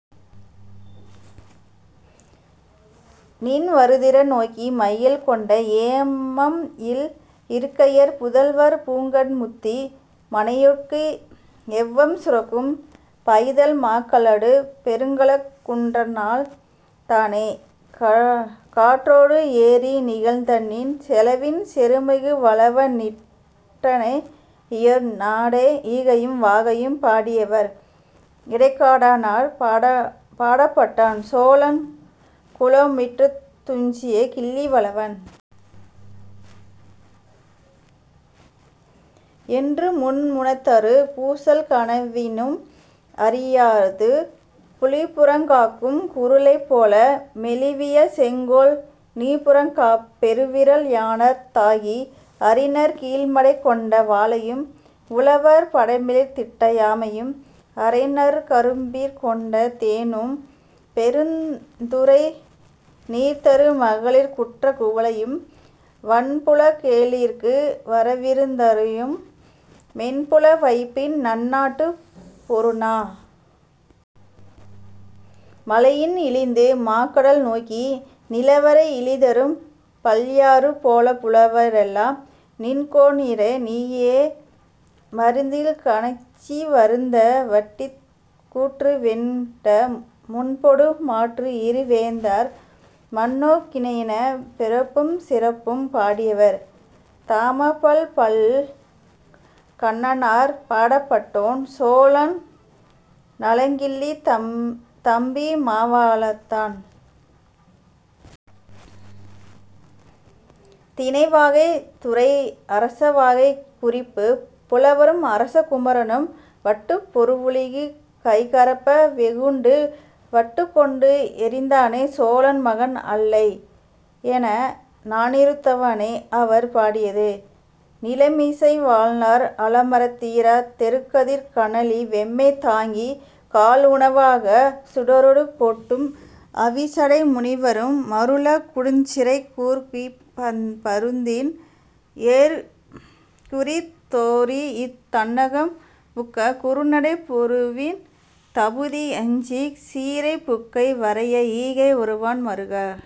நின் வருதிறன் நோக்கி, மையல் கொண்ட ஏமம்இல் இருக்கையர், புதல்வர் பூங்கண் முத்தி, மனையோட்கு எவ்வம் சுரக்கும் பைதல் மாக்களடு பெருங்கலக் குற்றன்னால் தானே; கா காற்றோடு ரிநிகழ்ந் தன்ன செலவின் செருமிகு வளவ! நிற் சினைஇயோர் நாடே.. ஈகையும் வாகையும்! பாடியவர்: இடைக்காடனார். பாடப்பட்டோன்: சோழன் குளமுற்றத்துத் துஞ்சிய கிள்ளி வளவன். ' என்று, முன் முனைதரு பூசல் கனவினும் அறியாது, புலிபுறங் காக்கும் குருளை போல, மெலிவிய செங்கோல் நீபுறங் காப்பப், பெருவிறல் யாணர்த் தாகி, அரிநர் கீழ்மடைக் கொண்ட வாளையும், உழவர் படைமிளிர்ந் திட்ட யாமையும், அறைநர் கரும்பிற் கொண்ட தேனும், பெருந்துறை நீர்தரு மகளிர் குற்ற குவளையும், வன்புலக் கேளிர்க்கு வருவிருந் தயரும் மென்புல வைப்பின் நன்னாட்டுப் பொருந! மலையின் இழிந்து, மாக்கடல் நோக்கி, நிலவரை இழிதரும் பல்யாறு போலப், புலவ ரெல்லாம் நின்கோனிரே; நீயே, மருந்தில் கணிச்சி வருந்த வட்டித்துக் கூற்றுவென்ன முன்பொடு, மாற்றுஇரு வேந்தர் மண்நோக் கினையே.. பிறப்பும் சிறப்பும்! பாடியவர்: தாமப்பல் கண்ணனார், பாடப்பட்டோன்: சோழன் நலங்கிள்ளி தம்பி மாவளத்தான். திணை: வாகை. துறை: அரசவாகை. குறிப்பு: புலவரும் அரச குமரனும் வட்டுப் பொருவுழிக் கைகரப்ப, வெகுண்டு, வட்டுக் கொண்டு எறிந்தானைச், 'சோழன் மகன் அல்லை' என, நானிருத்தவனை அவர் பாடியது. நிலமிசை வாழ்நர் அலமரல் தீரத், தெறுகதிர்க் கனலி வெம்மை தாங்கிக், கால்உண வாகச், சுடரொடு கொட்கும் அவிர்சடை முனிவரும் மருளக், கொடுஞ்சிறைக் கூருகிர்ப் பருந்தின் ஏறுகுறித், தொரீஇத், தன்னகம் புக்கை குறுநடைப் புறவின் தபுதி யஞ்சிச் சீரை புக்க வரையா ஈகை உரவோன் மருக!